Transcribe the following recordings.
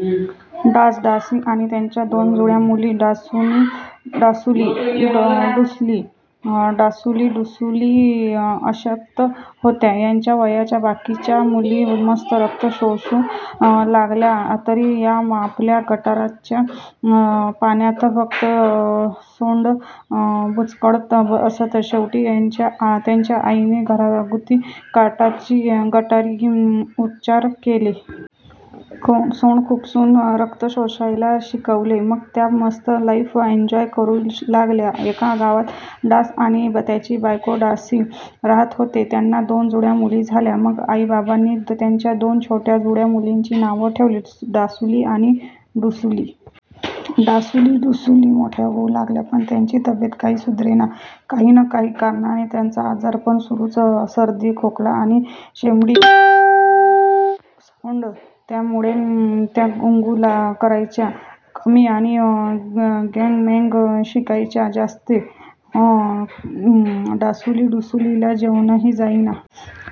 डास-डासी आणि त्यांच्या दोन जुळ्या मुली डासुली, डुसुली. डासुली, डुसुली अशक्त होत्या. त्यांच्या वयाच्या बाकीच्या मुली मस्त रक्त शोषू लागल्या तरी या आपल्या गटाराच्या पाण्यात फक्त सोंड बुचकळत असत. शेवटी त्यांच्या आईने 'घरगुती गटारी' उपचार केले. सोंड खुपसून रक्त शोषायला शिकवले... मग त्या मस्त लाईफ एन्जॉय करू लागल्या! एका गावात डास आणि त्याची बायको डासी राहात होते. त्यांना दोन जुळ्या मुली झाल्या. मग आई-बाबांनी त्यांच्या दोन छोट्या जुळ्या मुलींची नावं ठेवली डासुली आणि डुसुली. डासुली, डुसुली मोठ्या होऊ लागल्या, पण त्यांची तब्येत काही सुधरेना. काही न काही कारणाने त्यांचं आजारपण सुरूच. सर्दी, खोकला आणि शेंबडी सोंड. त्यामुळे त्या गूंगूं करायच्या कमी आणि गॅंगॅं मॅंगॅं शिंकायच्या जास्ती. डासुली, डुसुलीला जेवणही जाईना.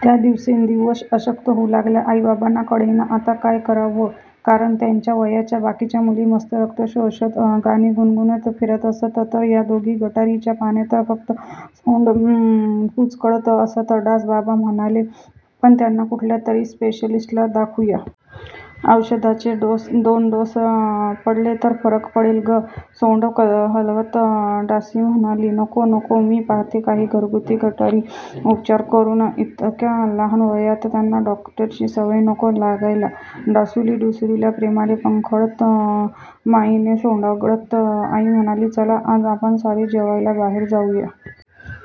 त्या दिवसेंदिवस अशक्त होऊ लागल्या. आई बाबांना कळेना आता काय करावं. कारण त्यांच्या वयाच्या बाकीच्या मुली मस्त रक्त शोषत, गाणी गुणगुणत फिरत असत. तर या दोघी गटाराच्या पाण्यात फक्त सोंड बुचकळत असत. डास बाबा म्हणाले, "आपण यांना कुठल्यातरी स्पेशालिस्टला दाखवूया. औषधाचे दोन डोस पडले तर फरक पडेल गं... " सोंड हलवत डासी म्हणाली, "नको. नको. मी पाहते काही 'घरगुती गटारी' उपचार करून. इतक्या लहान वयात त्यांना डॉक्टरची सवय नको लागायला. " डासुली, डुसूलीला प्रेमाने पंखाळत, मायेने सोंडाळत आई म्हणाली, "चला आज आपण सारे जेवायला बाहेर जाऊ.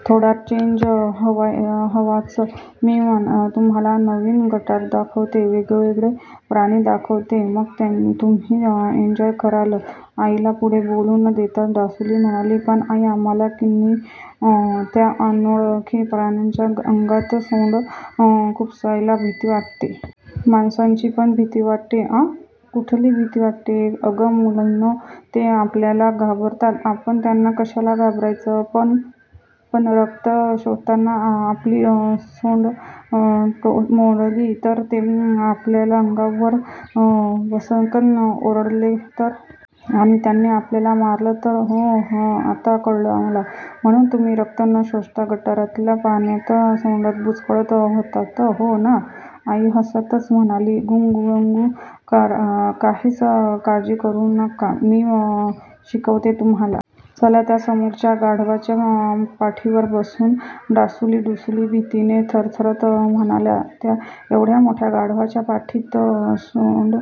थोडा चेंज हवाच. मी तुम्हांला नवीन गटारं दाखवते. वेगवेगळे प्राणी दाखवते. मग तुम्ही एन्जॉय कराल.. " आईला पुढे बोलू न देता डासुली म्हणाली, "पण आई, आम्हांला किनई त्या अनोळखी प्राण्यांच्या अंगात सोंड खुपसायलाच भीती वाटते. माणसांचीपण भीती वाटते.. " "आँ..? कुठली भीती वाटते? "अगं मुलींनो.. ते आपल्याला घाबरतात! आपण त्यांना कशाला घाबरायचं..? " "प.. ण प.. ण रक्त शोषताना आपली सोंड मोडली तर? ते आपल्या अंगावर वसकन ओरडले तर? आणि त्यांनी आपल्याला मारलं तर?.. " "ओऽऽऽह! आता कळलं मला. म्हणून तुम्ही रक्त न शोषता गटारातल्या पाण्यात सोंडा बुचकळत होतात. हो ना? " आई हसतच म्हणाली, "गूंग गगॅंगूं. काहीच काळजी करू नका. मी शिकवते तुम्हांला. चला त्या समोरच्या गाढवाच्या पाठीवर बसूया.. " डासुली, डुसुली भीतीने थरथरत म्हणाल्या, "त्या एव्हढ्या मोठ्या गाढवाच्या पाठीत सोंड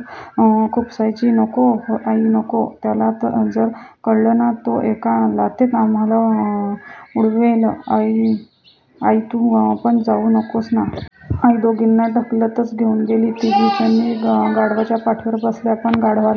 खुपसायची? नको आई नको. त्याला जर कळलं तर तो एका लाथेत आपल्या उडवेल. अंऽऽ आई तू पण जाऊ नकोस ना.. " आई दोघींना ढकलतच घेऊन गेली. तिघीजणी गाढवाच्या पाठीवर बसल्या, पण गाढवाला